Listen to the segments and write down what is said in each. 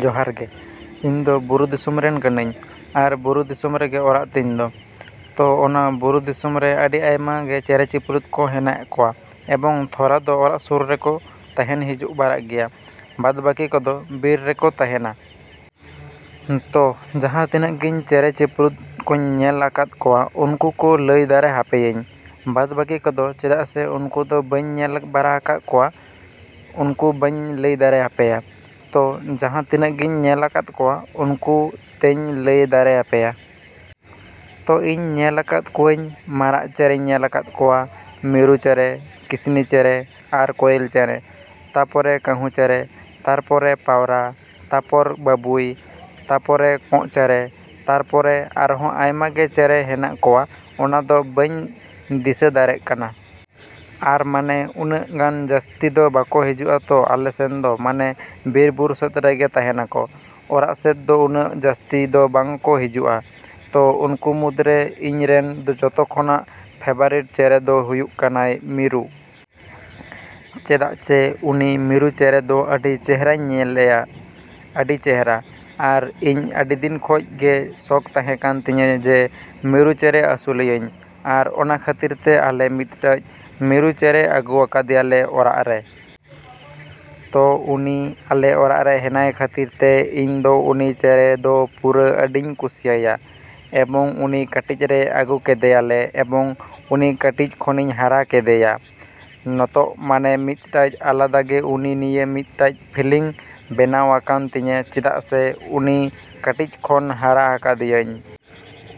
ᱡᱚᱦᱟᱨ ᱜᱮ, ᱤᱧᱫᱚ ᱵᱩᱨᱩ ᱫᱤᱥᱚᱢ ᱨᱮᱱ ᱠᱟᱹᱱᱟᱹᱧ ᱟᱨ ᱵᱩᱨᱩ ᱫᱤᱥᱚᱢ ᱨᱮᱜᱮ ᱚᱲᱟᱜ ᱛᱤᱧ ᱫᱚ᱾ ᱛᱚ ᱚᱱᱟ ᱵᱩᱨᱩ ᱫᱤᱥᱚᱢ ᱨᱮ ᱟᱹᱰᱤ ᱟᱭᱢᱟ ᱜᱮ ᱪᱮᱸᱬᱮ ᱪᱤᱯᱨᱩᱫ ᱠᱚ ᱦᱮᱱᱟᱜ ᱠᱚᱣᱟ ᱮᱵᱚᱝ ᱛᱷᱚᱲᱟ ᱫᱚ ᱚᱲᱟᱜ ᱥᱩᱨ ᱨᱮᱦᱚᱸ ᱛᱟᱦᱮᱱ ᱦᱤᱡᱩᱜ ᱵᱟᱲᱟᱜ ᱜᱮᱭᱟ ᱠᱚ, ᱵᱟᱫ ᱵᱟᱠᱤ ᱠᱚᱫᱚ ᱵᱤᱨ ᱨᱮ ᱠᱚ ᱛᱟᱦᱮᱱᱟ ᱾ ᱛᱚ ᱡᱟᱦᱟᱸ ᱛᱤᱱᱟᱹᱜ ᱜᱤᱧ ᱪᱮᱸᱬᱮ ᱪᱤᱯᱨᱩᱫ ᱠᱚ ᱧᱮᱞ ᱟᱠᱟᱫ ᱠᱚᱣᱟ ᱩᱱᱠᱩ ᱠᱚ ᱞᱟᱹᱭ ᱫᱟᱲᱮ ᱦᱟᱯᱮᱭᱟᱹᱧ, ᱵᱟᱫ ᱵᱟᱠᱤ ᱠᱚᱫᱚ ᱪᱮᱫᱟᱜ ᱥᱮ ᱩᱱᱠᱩ ᱫᱚ ᱵᱟᱹᱧ ᱧᱮᱞ ᱵᱟᱲᱟ ᱟᱠᱟᱫ ᱠᱚᱣᱟ, ᱩᱱᱠᱩ ᱵᱟᱹᱧ ᱞᱟᱹᱭ ᱫᱟᱲᱮ ᱦᱟᱯᱮᱭᱟ᱾ ᱛᱚ ᱡᱟᱦᱟᱸ ᱛᱤᱱᱟᱹᱜ ᱜᱤᱧ ᱧᱮᱞ ᱟᱠᱟᱫ ᱠᱚᱣᱟ ᱩᱱᱠᱩ ᱛᱮᱧ ᱞᱟᱹᱭ ᱫᱟᱲᱮ ᱦᱟᱯᱮᱭᱟ᱾ ᱛᱚ ᱤᱧ ᱧᱮᱞ ᱟᱠᱟᱫ ᱠᱚᱣᱟᱹᱧ ᱢᱟᱨᱟᱜ ᱪᱮᱸᱬᱮᱧ ᱧᱮᱞ ᱟᱠᱟᱫ ᱠᱚᱣᱟ, ᱢᱤᱨᱩ ᱪᱮᱸᱬᱮ, ᱠᱤᱥᱱᱤ ᱪᱮᱸᱬᱮ ᱟᱨ ᱠᱚᱭᱮᱞ ᱪᱮᱸᱬᱮ, ᱛᱟᱯᱚᱨᱮ ᱠᱟᱹᱦᱩ ᱪᱮᱸᱬᱮ, ᱛᱟᱨᱯᱚᱨᱮ ᱯᱟᱣᱨᱟ, ᱛᱟᱯᱚᱨ ᱵᱟᱹᱵᱩᱭ, ᱛᱟᱯᱚᱨᱮ ᱠᱚᱸᱜ ᱪᱮᱸᱬᱮ, ᱛᱟᱨᱯᱚᱨᱮ ᱟᱨᱦᱚᱸ ᱟᱭᱢᱟ ᱜᱮ ᱪᱮᱸᱬᱮ ᱦᱮᱱᱟᱜ ᱠᱚᱣᱟ ᱚᱱᱟ ᱫᱚ ᱵᱟᱹᱧ ᱫᱤᱥᱟᱹ ᱫᱟᱲᱮᱜ ᱠᱟᱱᱟ᱾ ᱟᱨ ᱢᱟᱱᱮ ᱩᱱᱟᱹᱜ ᱜᱟᱱ ᱡᱟᱹᱥᱛᱤ ᱫᱚ ᱵᱟᱠᱚ ᱦᱤᱡᱩᱜᱼᱟ ᱛᱚ ᱟᱞᱮ ᱥᱮᱱ ᱫᱚ ᱢᱟᱱᱮ ᱵᱤᱨ ᱵᱩᱨᱩ ᱥᱮᱫ ᱨᱮᱜᱮ ᱛᱟᱦᱮᱱᱟ ᱠᱚ, ᱚᱲᱟᱜ ᱥᱮᱫ ᱫᱚ ᱩᱱᱟᱹᱜ ᱡᱟᱹᱥᱛᱤ ᱫᱚ ᱵᱟᱝ ᱠᱚ ᱦᱤᱡᱩᱜᱼᱟ᱾ ᱛᱚ ᱩᱱᱠᱩ ᱢᱚᱫᱷᱮ ᱨᱮ ᱤᱧ ᱨᱮᱱ ᱡᱚᱛᱚ ᱠᱷᱚᱱᱟᱜ ᱯᱷᱮᱵᱟᱨᱮᱴ ᱪᱮᱬᱮ ᱫᱚ ᱦᱩᱭᱩᱜ ᱠᱟᱱᱟᱭ ᱢᱤᱨᱩ᱾ ᱪᱮᱫᱟᱜ ᱪᱮ ᱩᱱᱤ ᱢᱤᱨᱩ ᱪᱮᱬᱮ ᱫᱚ ᱟᱹᱰᱤ ᱪᱮᱦᱨᱟᱹᱧ ᱧᱮᱞᱮᱭᱟ, ᱟᱹᱰᱤ ᱪᱮᱦᱨᱟ᱾ ᱟᱨ ᱤᱧ ᱟᱹᱰᱤ ᱫᱤᱱ ᱠᱷᱚᱡ ᱜᱮ ᱥᱚᱠᱷ ᱛᱟᱦᱮᱸ ᱠᱟᱱ ᱛᱤᱧᱟ ᱡᱮ ᱢᱤᱨᱩ ᱪᱮᱸᱬᱮ ᱟᱹᱥᱩᱞᱮᱭᱟᱹᱧ ᱟᱨ ᱚᱱᱟ ᱠᱷᱟᱹᱛᱤᱨ ᱛᱮ ᱟᱞᱮ ᱢᱤᱫᱴᱟᱹᱡ ᱢᱤᱨᱩ ᱪᱮᱸᱬᱮ ᱟᱹᱜᱩ ᱟᱠᱟᱫᱮᱭᱟ ᱞᱮ ᱚᱲᱟᱜ ᱨᱮ᱾ ᱛᱚ ᱩᱱᱤ ᱟᱞᱮ ᱚᱲᱟᱜ ᱨᱮ ᱦᱮᱱᱟᱭ ᱠᱷᱟᱹᱛᱤᱨ ᱛᱮ ᱤᱧ ᱫᱚ ᱩᱱᱤ ᱪᱮᱸᱬᱮ ᱫᱚ ᱯᱩᱨᱟᱹ ᱟᱹᱰᱤᱧ ᱠᱩᱥᱤᱭᱟᱭᱟ᱾ ᱮᱵᱚᱝ ᱩᱱᱤ ᱠᱟᱹᱴᱤᱡ ᱨᱮ ᱟᱹᱜᱩ ᱠᱮᱫᱮᱭᱟ ᱞᱮ ᱮᱵᱚᱝ ᱩᱱᱤ ᱠᱟᱹᱴᱤᱡ ᱠᱷᱚᱱᱤᱧ ᱦᱟᱨᱟ ᱠᱮᱫᱮᱭᱟ᱾ ᱱᱚᱛᱚᱜ ᱢᱟᱱᱮ ᱢᱤᱫᱴᱟᱹᱡ ᱟᱞᱟᱫᱟ ᱜᱮ ᱩᱱᱤ ᱱᱤᱭᱟᱹ ᱢᱤᱫᱴᱟᱹᱡ ᱯᱷᱤᱞᱤᱝ ᱵᱮᱱᱟᱣ ᱟᱠᱟᱱ ᱛᱤᱧᱟ ᱪᱮᱫᱟᱜ ᱥᱮ ᱩᱱᱤ ᱠᱟᱹᱴᱤᱡ ᱠᱷᱚᱱ ᱦᱟᱨᱟ ᱟᱠᱟᱫᱮᱭᱟᱹᱧ᱾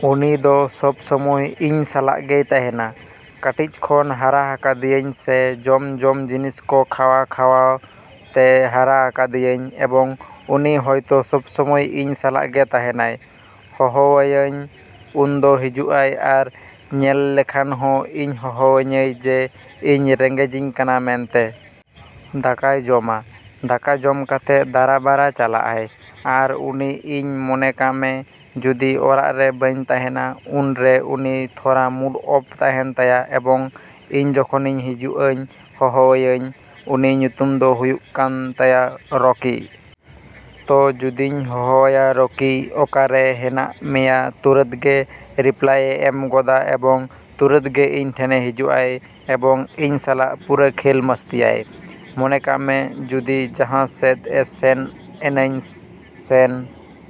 ᱩᱱᱤ ᱫᱚ ᱥᱚᱵ ᱥᱚᱢᱚᱭ ᱤᱧ ᱥᱟᱞᱟᱜ ᱜᱮᱭ ᱛᱟᱦᱮᱱᱟ᱾ ᱠᱟᱹᱴᱤᱡ ᱠᱷᱚᱱ ᱦᱟᱨᱟ ᱟᱠᱟᱫᱮᱭᱟᱹᱧ ᱥᱮ ᱡᱚᱢ ᱡᱚᱢ ᱡᱤᱱᱤᱥ ᱠᱚ ᱠᱷᱟᱣᱟ ᱠᱷᱟᱣᱟ ᱛᱮ ᱦᱟᱨᱟ ᱟᱠᱟᱫᱮᱭᱟᱹᱧ ᱮᱵᱚᱝ ᱩᱱᱤ ᱦᱚᱭᱛᱚ ᱥᱚᱵ ᱥᱚᱢᱚᱭ ᱤᱧ ᱥᱟᱞᱟᱜ ᱜᱮ ᱛᱟᱦᱮᱱᱟᱭ᱾ ᱦᱚᱦᱚᱣᱟᱣᱟᱹᱧ ᱩᱱ ᱫᱚ ᱦᱤᱡᱩᱜᱼᱟᱭ ᱟᱨ ᱧᱮᱞ ᱞᱮᱠᱷᱟᱱ ᱦᱚᱸ ᱤᱧ ᱦᱚᱦᱚᱣᱟᱹᱧᱟᱭ ᱡᱮ ᱤᱧ ᱨᱮᱸᱜᱮᱡᱽᱤᱧ ᱠᱟᱱᱟ ᱢᱮᱱᱛᱮ᱾ ᱫᱟᱠᱟᱭ ᱡᱚᱢᱟ, ᱫᱟᱠᱟ ᱡᱚᱢ ᱠᱟᱛᱮ ᱫᱟᱬᱟ ᱵᱟᱲᱟ ᱪᱟᱞᱟᱜᱼᱟᱭ᱾ ᱟᱨ ᱩᱱᱤ ᱤᱧ ᱢᱚᱱᱮ ᱠᱟᱢᱮ ᱡᱩᱫᱤ ᱚᱲᱟᱜ ᱨᱮ ᱵᱟᱹᱧ ᱛᱟᱦᱮᱱᱟ ᱩᱱ ᱨᱮ ᱩᱱᱤ ᱛᱷᱚᱲᱟ ᱢᱩᱰ ᱚᱯᱷ ᱛᱟᱦᱮᱱ ᱛᱟᱭᱟ ᱮᱵᱚᱝ ᱤᱧ ᱡᱚᱠᱷᱚᱱᱤᱧ ᱦᱤᱡᱩᱜᱼᱟᱹᱧ ᱦᱚᱦᱚᱣᱟᱭᱟᱹᱧ᱾ ᱩᱱᱤ ᱧᱩᱛᱩᱢ ᱫᱚ ᱦᱩᱭᱩᱜ ᱠᱟᱱ ᱛᱟᱭᱟ ᱨᱚᱠᱤ᱾ ᱛᱚ ᱡᱩᱫᱤᱧ ᱦᱚᱦᱚᱣᱟᱭᱟ ᱨᱚᱠᱤ ᱚᱠᱟ ᱨᱮ ᱦᱮᱱᱟᱜ ᱢᱮᱭᱟ ᱛᱩᱨᱟᱹᱛ ᱜᱮ ᱨᱤᱯᱞᱟᱭᱮ ᱮᱢ ᱜᱚᱫᱟ ᱮᱵᱚᱝ ᱛᱩᱨᱟᱹᱛ ᱜᱮ ᱤᱧ ᱴᱷᱮᱱᱮ ᱦᱤᱡᱩᱜᱼᱟᱭ ᱮᱵᱚᱝ ᱤᱧ ᱥᱟᱞᱟᱜ ᱯᱩᱨᱟᱹ ᱠᱷᱮᱞ ᱢᱟᱹᱥᱛᱤᱭᱟᱭ᱾ ᱢᱚᱱᱮ ᱠᱟᱢᱮ ᱡᱩᱫᱤ ᱡᱟᱦᱟᱸ ᱥᱮᱫ ᱥᱮᱱ ᱮᱱᱟᱹᱧ, ᱥᱮᱱ